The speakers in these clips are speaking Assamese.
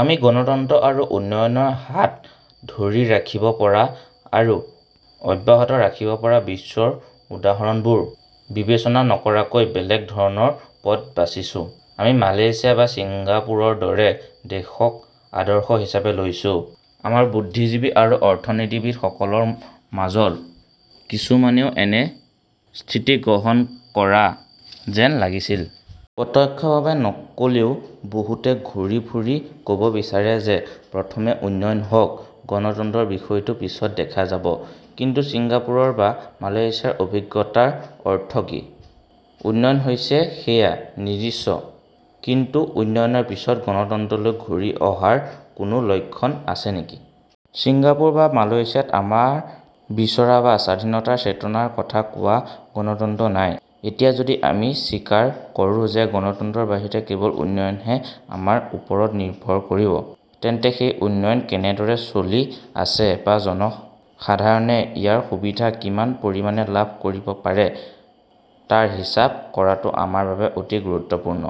আমি গণতন্ত্ৰ আৰু উন্নয়নৰ হাত ধৰি ৰাখিব পৰা আৰু অব্যাহত ৰাখিব পৰা বিশ্বৰ উদাহৰণবোৰ বিবেচনা নকৰাকৈ বেলেগ ধৰণৰ পথ বাছিছোঁ। আমি মালয়েছিয়া বা ছিংগাপুৰৰ দৰে দেশক আদৰ্শ হিচাপে লৈছো। আমাৰ বুদ্ধিজীৱী আৰু অৰ্থনীতিবিদসকলৰ মাজৰ কিছুমানেও এনে স্থিতি গ্ৰহণ কৰা যেন লাগিছে। প্ৰত্যক্ষভাৱে নক'লেও, বহুতে ঘূৰি ফুৰি ক'ব বিচাৰে যে প্ৰথমে উন্নয়ন হওক, গণতন্ত্ৰৰ বিষয়টো পিছত দেখা যাব। কিন্তু ছিংগাপুৰ বা মালয়েছিয়াৰ অভিজ্ঞতাৰ অৰ্থ কি? উন্নয়ন হৈছে সেয়া নিশ্চিত, কিন্তু উন্নয়নৰ পিছত গণতন্ত্ৰলৈ ঘূৰি অহাৰ কোনো লক্ষণ আছে নেকি? ছিংগাপুৰ বা মালয়েছিয়াত আমাৰ বিচৰা বা স্বাধীনতাৰ চেতনাৰ কথা কোৱা গণতন্ত্ৰ নাই। এতিয়া যদি আমি স্বীকাৰ কৰোঁ যে গণতন্ত্ৰৰ বাহিৰে কেৱল উন্নয়নহে আমাৰ ওপৰত নিৰ্ভৰ কৰিব, তেন্তে সেই উন্নয়ন কেনেদৰে চলি আছে বা জনসাধাৰণে ইয়াৰ সুবিধা কিমান পৰিমাণে লাভ কৰিব পাৰে তাৰ হিচাপ কৰাটো আমাৰ বাবে অতি গুৰুত্বপূৰ্ণ।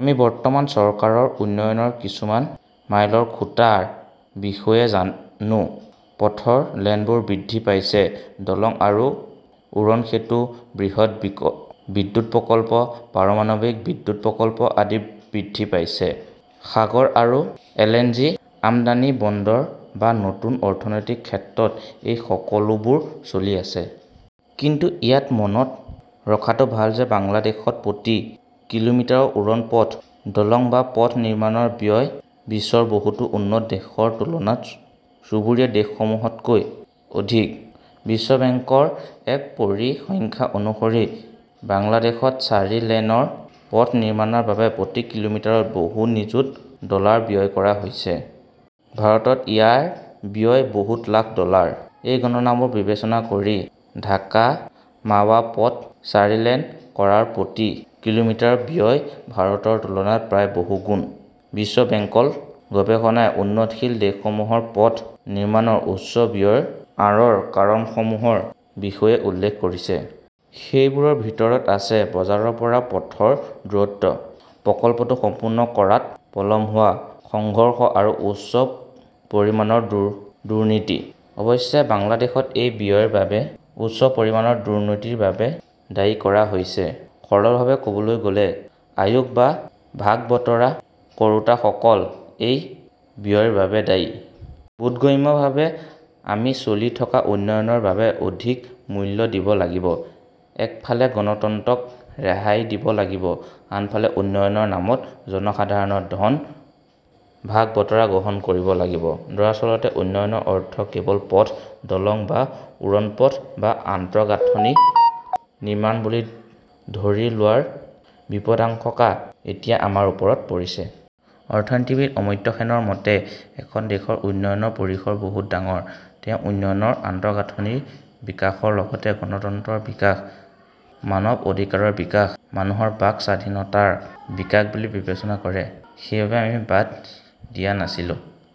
আমি বৰ্তমান চৰকাৰৰ উন্নয়নৰ কিছুমান মাইলৰ খুঁটিৰ বিষয়ে জানো। পথৰ লেনবোৰ বৃদ্ধি পাইছে, দলং আৰু উৰণ সেতু, বৃহৎ বিদ্যুৎ প্ৰকল্প, পাৰমাণৱিক বিদ্যুৎ প্ৰকল্প আদি বৃদ্ধি পাইছে। সাগৰ আৰু এল. এন. জি. আমদানি, বন্দৰ বা নতুন অৰ্থনৈতিক ক্ষেত্ৰত এই সকলোবোৰ চলি আছে। কিন্তু ইয়াত মনত ৰখাটো ভাল যে বাংলাদেশত প্ৰতি কিলোমিটাৰত উৰণ পথ, দলং বা পথ নিৰ্মাণৰ ব্যয় বিশ্বৰ বহুতো উন্নত দেশৰ তুলনাত চুবুৰীয়া দেশসমূহতকৈ অধিক। বিশ্ববেংকৰ এক পৰিসংখ্যা অনুসৰি বাংলাদেশত চাৰি লেনৰ পথ নিৰ্মাণৰ বাবে প্ৰতি কিলোমিটাৰত বহুত নিযুত ডলাৰ ব্যয় কৰা হৈছে। ভাৰতত ইয়াৰ ব্যয় বহুত লাখ ডলাৰ। এই গণনাবোৰ বিবেচনা কৰি, ঢাকা-মাৱা পথ চাৰি লেন কৰাৰ প্ৰতি কিলোমিটাৰ ব্যয় ভাৰতৰ তুলনাত প্ৰায় বহু গুণ। বিশ্ব বেংকৰ গৱেষণাই উন্নয়নশীল দেশসমূহত পথ নিৰ্মাণৰ উচ্চ ব্যয়ৰ আঁৰৰ কাৰণসমূহৰ বিষয়ে উল্লেখ কৰিছে। সেইবোৰৰ ভিতৰত আছে, বজাৰৰ পৰা পথৰ দূৰত্ব, প্ৰকল্পটো সম্পূৰ্ণ কৰাত পলম হোৱা, সংঘৰ্ষ আৰু উচ্চ পৰিমাণৰ দুৰ্নীতি। অৱশ্যে, বাংলাদেশত এই ব্যয়ৰ বাবে উচ্চ পৰিমাণৰ দুৰ্নীতিৰ বাবে দায়ী কৰা হৈছে। সৰলভাৱে ক'বলৈ গ'লে, আয়োগ বা ভাগ-বতৰা কৰোঁতাসকল এই ব্যয়ৰ বাবে দায়ী। বোধগম্যভাৱে, আমি চলি থকা উন্নয়নৰ বাবে অধিক মূল্য দিব লাগিব। একফালে গণতন্ত্ৰক ৰেহাই দিব লাগিব, আনহাতে উন্নয়নৰ নামত জনসাধাৰণৰ ধনৰ ভাগ-বতৰা গ্ৰহণ কৰিব লাগিব। দৰাচলতে উন্নয়নৰ অৰ্থ কেৱল পথ, দলং বা উৰণপথ বা আন্তঃগাঁথনি নিৰ্মাণ বুলি ধৰি লোৱাৰ বিপদাশংকা এতিয়া আমাৰ ওপৰত পৰিছে। অৰ্থনীতিবিদ অমৰ্ত্য সেনৰ মতে এখন দেশৰ উন্নয়নৰ পৰিসৰ বহুত ডাঙৰ। তেওঁ উন্নয়নক আন্তঃগাঁথনিৰ বিকাশৰ লগতে গণতন্ত্ৰৰ বিকাশ, মানৱ অধিকাৰৰ বিকাশ, মানুহৰ বাক স্বাধীনতাৰ বিকাশ বুলি বিবেচনা কৰে। সেইবোৰ আমি বাদ দিয়া নাছিলোঁ।